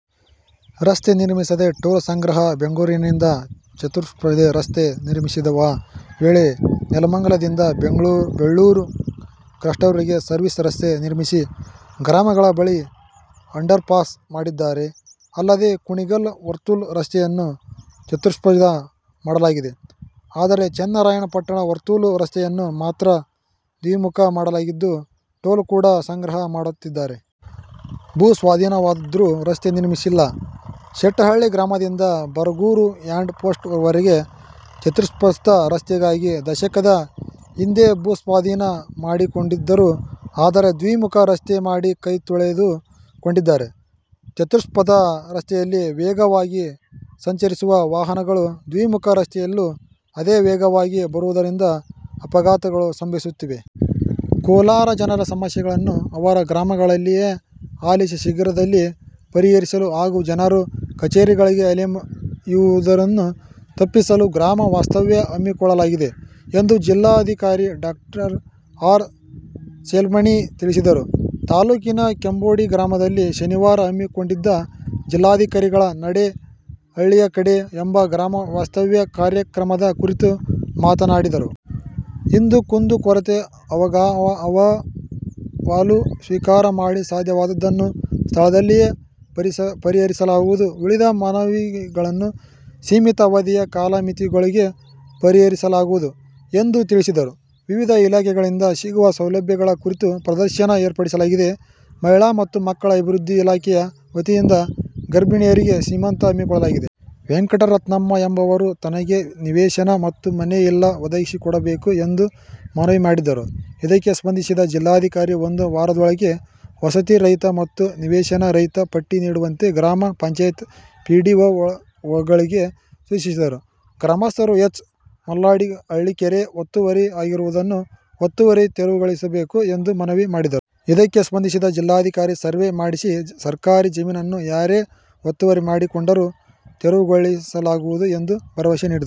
ರಸ್ತೆ ನಿರ್ಮಿಸದೆ ಟೋಲ್ ಸಂಗ್ರಹ: ಬೆಂಗಳೂರಿನಿಂದ ಚತುಷ್ಪಥ ರಸ್ತೆ ನಿರ್ಮಿಸುವ ವೇಳೆ ನೆಲಮಂಗಲದಿಂದ ಬೆಳ್ಳೂರು ಕ್ರಾಸ್ವರೆಗೆ ಸರ್ವಿಸ್ ರಸ್ತೆ ನಿರ್ಮಿಸಿ, ಗ್ರಾಮಗಳ ಬಳಿ ಅಂಡರ್ಪಾಸ್ ಮಾಡಿದ್ದಾರೆ. ಅಲ್ಲದೆ, ಕುಣಿಗಲ್ ವರ್ತುಲ ರಸ್ತೆಯನ್ನು ಚತುಷ್ಪಥ ಮಾಡಲಾಗಿದೆ. ಆದರೆ, ಚನ್ನರಾಯಪಟ್ಟಣ ವರ್ತುಲ ರಸ್ತೆಯನ್ನು ಮಾತ್ರ ದ್ವಿಮುಖ ಮಾಡಲಾಗಿದ್ದು, ಟೋಲ್ ಕೂಡ ಸಂಗ್ರಹ ಮಾಡುತ್ತಿದ್ದಾರೆ. ಭೂ ಸ್ವಾಧೀನವಾದ್ರೂ ರಸ್ತೆ ನಿರ್ಮಿಸಿಲ್ಲ: ಶೆಟ್ಟಿಹಳ್ಳಿ ಗ್ರಾಮದಿಂದ ಬರಗೂರು ಹ್ಯಾಂಡ್ ಪೋಸ್ಟ್ ವರೆಗೆ ಚತುಷ್ಪಥ ರಸ್ತೆಗಾಗಿ ದಶಕದ ಹಿಂದೆ ಭೂಸ್ವಾಧೀನ ಮಾಡಿಕೊಂಡಿದ್ದರು. ಆದರೆ, ದ್ವಿಮುಖ ರಸ್ತೆ ಮಾಡಿ ಕೈತೊಳೆದು ಕೊಂಡಿದ್ದಾರೆ. ಚತುಷ್ಪಥ ರಸ್ತೆಯಲ್ಲಿ ವೇಗವಾಗಿ ಸಂಚರಿಸುವ ವಾಹನಗಳು ದ್ವಿಮುಖ ರಸ್ತೆಯಲ್ಲೂ ಅದೇ ವೇಗವಾಗಿ ಬರುವುದರಿಂದ ಅಪಘಾತಗಳು ಸಂಭವಿಸುತ್ತಿವೆ. ಕೋಲಾರ: ಜನರ ಸಮಸ್ಯೆಗಳನ್ನು ಅವರ ಗ್ರಾಮಗಳ ಲ್ಲಿಯೇ ಆಲಿಸಿ ಶೀಘ್ರದಲ್ಲಿ ಪರಿಹರಿಸಲು ಹಾಗೂ ಜನರು ಕಚೇರಿಗಳಿಗೆ ಅಲೆಯುವುದನ್ನು ತಪ್ಪಿಸಲು ಗ್ರಾಮ ವಾಸ್ತವ್ಯ ಹಮ್ಮಿಕೊಳ್ಳಲಾಗಿದೆ ಎಂದು ಜಿಲ್ಲಾ ಧಿಕಾರಿ ಡಾ. ಆರ್. ಸೆಲ್ವಮಣಿ ತಿಳಿಸಿದರು. ತಾಲೂಕಿನ ಕೆಂಬೋಡಿ ಗ್ರಾಮದಲ್ಲಿ ಶನಿವಾರ ಹಮ್ಮಿ ಕೊಂಡಿದ್ದ "ಜಿಲ್ಲಾಧಿಕಾರಿಗಳ ನಡೆ ಹಳ್ಳಿಯ ಕಡೆ' ಎಂಬ ಗ್ರಾಮ ವಾಸ್ತವ್ಯ ಕಾರ್ಯ ಕ್ರಮದ ಕುರಿತು ಮಾತನಾಡಿದರು. ಇಂದೂ ಕುಂದು ಕೊರತೆ ಅಹವಾಲು ಸ್ವೀಕಾರ ಮಾಡಿ ಸಾಧ್ಯವಾದದ್ದನ್ನು ಸ್ಥಳದಲ್ಲಿಯೇ ಪರಿಹರಿಸಲಾಗುವುದು. ಉಳಿದ ಮನವಿಗಳನ್ನು ಸೀಮಿತ ಅವಧಿಯ ಕಾಲಮಿತಿಯೊಳಗೆ ಪರಿಹರಿಸಲಾಗುವುದು ಎಂದು ತಿಳಿಸಿದರು. ವಿವಿಧ ಇಲಾಖೆಗಳಿಂದ ಸಿಗುವ ಸೌಲಭ್ಯಗಳ ಕುರಿತು ಪ್ರದರ್ಶನ ಏರ್ಪಡಿಸಲಾಗಿದೆ. ಮಹಿಳಾ ಮತ್ತು ಮಕ್ಕಳ ಅಭಿವೃದ್ಧಿ ಇಲಾಖೆಯ ವತಿಯಿಂದ ಗರ್ಭಿಣಿಯರಿಗೆ ಸೀಮಂತ ಹಮ್ಮಿಕೊಳ್ಳಲಾಗಿದೆ. ವೆಂಕಟರತ್ನಮ್ಮ ಎಂಬವರು ತನಗೆ ನಿವೇಶನ ಮತ್ತು ಮನೆ ಇಲ್ಲ ಒದಗಿಸಿಕೊಡಬೇಕು ಎಂದು ಮನವಿ ಮಾಡಿದರು. ಇದಕ್ಕೆ ಸ್ಪಂದಿಸಿದ ಜಿಲ್ಲಾಧಿಕಾರಿ, ಒಂದು ವಾರದೊಳಗೆ ವಸತಿ ರಹಿತರು ಮತ್ತು ನಿವೇಶನ ರಹಿತರ ಪಟ್ಟಿ ನೀಡುವಂತೆ ಗ್ರಾಮ ಪಂಚಾಯತ್ ಪಿ ಡಿ ಒಗಳಿಗೆ ಸೂಚಿಸಿದರು. ಗ್ರಾಮಸ್ಥರು ಎಚ್. ಮಲ್ಲಾಂಡಹಳ್ಳಿ ಕೆರೆ ಒತ್ತುವರಿ ಆಗಿರುವುದನ್ನು ಒತ್ತುವರಿ ತೆರವುಗೊಳಿಸಬೇಕು ಎಂದು ಮನವಿ ಮಾಡಿದರು. ಇದಕ್ಕೆ ಸ್ಪಂದಿಸಿದ ಜಿಲ್ಲಾಧಿಕಾರಿ, ಸರ್ವೇ ಮಾಡಿಸಿ ಸರ್ಕಾರಿ ಜಮೀನನ್ನು ಯಾರೇ ಒತ್ತುವರಿ ಮಾಡಿಕೊಂಡರೂ ತೆರವುಗೊಳಿ ಸಲಾಗುವುದು ಎಂದು ಭರವಸೆ